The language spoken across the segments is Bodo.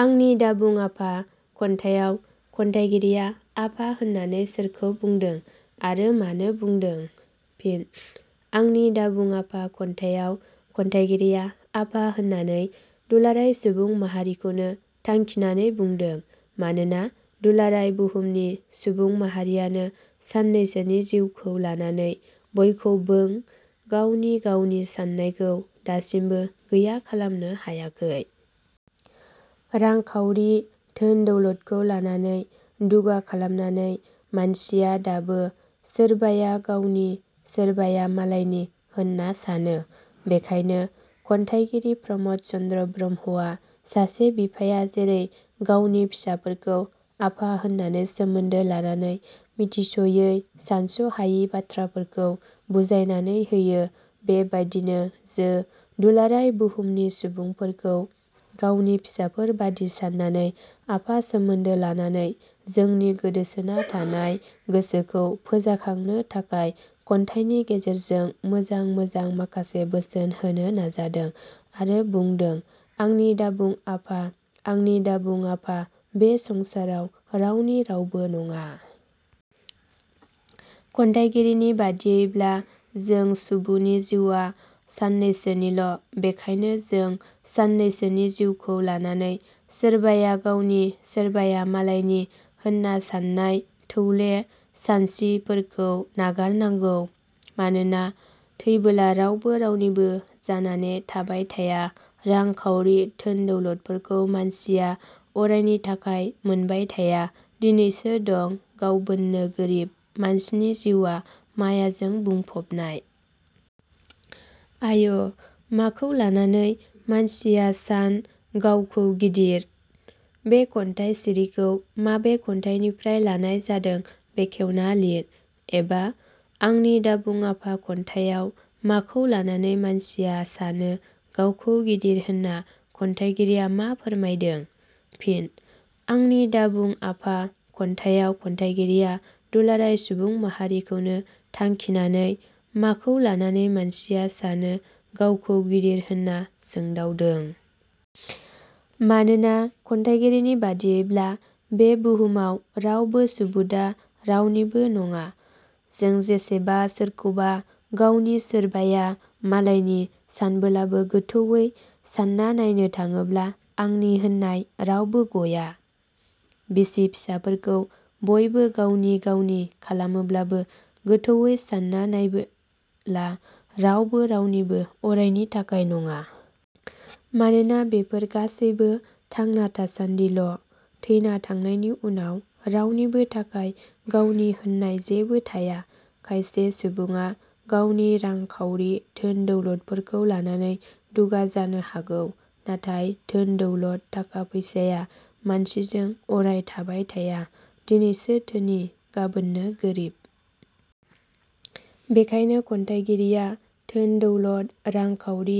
'आंनि दाबुं आफा' खन्थाइयाव खन्थाइगिरिया' आफा होननानै सोरखौ बुंदों आरो मानो बुंदों? फिनः 'आंनि दाबुं आफा' खन्थाइयाव खन्थाइगिरिया 'आफा' होननानै दुलाराय सुबुं माहारिखौनो थांखिनानै बुंदों। मानोना दुलाराय बुहुमनि सुबुं माहारियानो साननैसोनि जिउखौ लानानै बयखौबों गावनि गावनि साननायखौ दासिमबो गैया खालामनो हायाखै। रां-खावरि, धोन-दौलदखौ लानानै दुगा खालामनानै मानसिया दाबो सोरबाया गावनि सोरबाया मालायनि होनना सानो। बेखायनो खन्थाइगिरि प्रमद चन्द्र ब्रह्मआ सासे बिफाया जेरै गावनि फिसाफोरखौ आफा होननानै सोमोन्दो लानानै मिथिस'यि सानस'हायि बाथ्राफोरखौ बुजायनानै होयो, बेबादिनो जो दुलाराय बहुमनि सुबुंफोरखौ गावनि फिसाफोर बादि साननानै आफा सोमोन्दो लानानै जोंनि गोदोसोना थानाय गोसोखौ फोजाखांनो थाखाय खन्थाइनि गेजेरजों मोजां मोजां माखासे बोसोन होनो नाजादों आरो बुंदों- आंनि दाबुं आफा आंनि दाबुं आफा बे संसाराव रावनि रावबो नङा। खन्थाइगिरिनि बादियैब्ला जों सुबुनि जिउवा साननैसोनिल'। बेखायनो जों साननैसोनि जिउखौ लानानै सोरबाया गावनि सोरबाया मालायनि होनना साननाय थौले सानस्रिफोरखौ नागारनांगौ। मानोना थैबोला रावबो रावनिबो जानानै थाबाय थाया। रां-खावरि, धोन-दौलदफोरखौ मानसिया अरायनि थाखाय मोनबाय थाया, दिनैसो दं गावबोननो गोरिब, मानसिनि जिउवा मायाजों बुंफबनाय। "आय' माखौ लानानै मानसिया सान गावखौ गिदिर"-बे खन्थाइ सिरिखौ माबे खन्थाइनिफ्राय लानाय जादों बेखेवना लिर। "एबा" 'आंनि दाबुं आफा' खन्थाइयाव माखौ लानानै मानसिया सानो गावखौ गिदिर होनना खन्थाइगिरिया मा फोरमायदों? फिन: 'आंनि दा बुं आफा' खन्थाइयाव खन्थाइगिरिया दुलाराय सुबुं माहारिखौनो थांखिनानै 'माखौ लानानै मानसिया सानो गावखौ गिदिर' होनना सोंदावदों। मानोना, खन्थाइगिरिनि बादियैब्ला बे बुहुमाव रावबो सुबुडा रावनिबो नङा। जों जेसेबा सोरखौबा गावनि सोरबाया मालायनि सानबोलाबो गोथौवै सानना नायनो थाङोब्ला आंनि होननाय रावबो गया। बिसि-फिसाफोरखौ बयबो गावनि गावनि खालामोब्लाबो गोथौवै सानना नायबोला रावबो रावनिबो अरायनि थाखाय नङा। मानोना बेफोर गासैबो थांना थासानदिल'। थैना थांनायनि उनाव रावनिबो थाखाय गावनि होननाय जेबो थाया। खायसे सुबुङा गावनि रां खावरि धोन दौलदफोरखौ लानानै दुगा जानो हागौ। नाथाय धोन-दौलद, थाखा- फैसाया मानसिजों अराय थाबाय थाया, दिनैसो धोनि गाबोननो गोरिब। बेखायनो खन्थाइगिरिया धोन दौलद रां-खावरि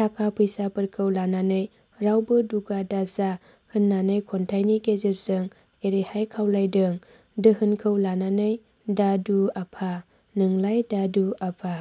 थाखा फैसाफोरखौ लानानै रावबो दुगा दा जा होननानै खन्थाइनि गेजेरजों एरैहाय खावलायदों- दोहोनखौ लानानै दा दु आफा- नोंलाय दादु आफा।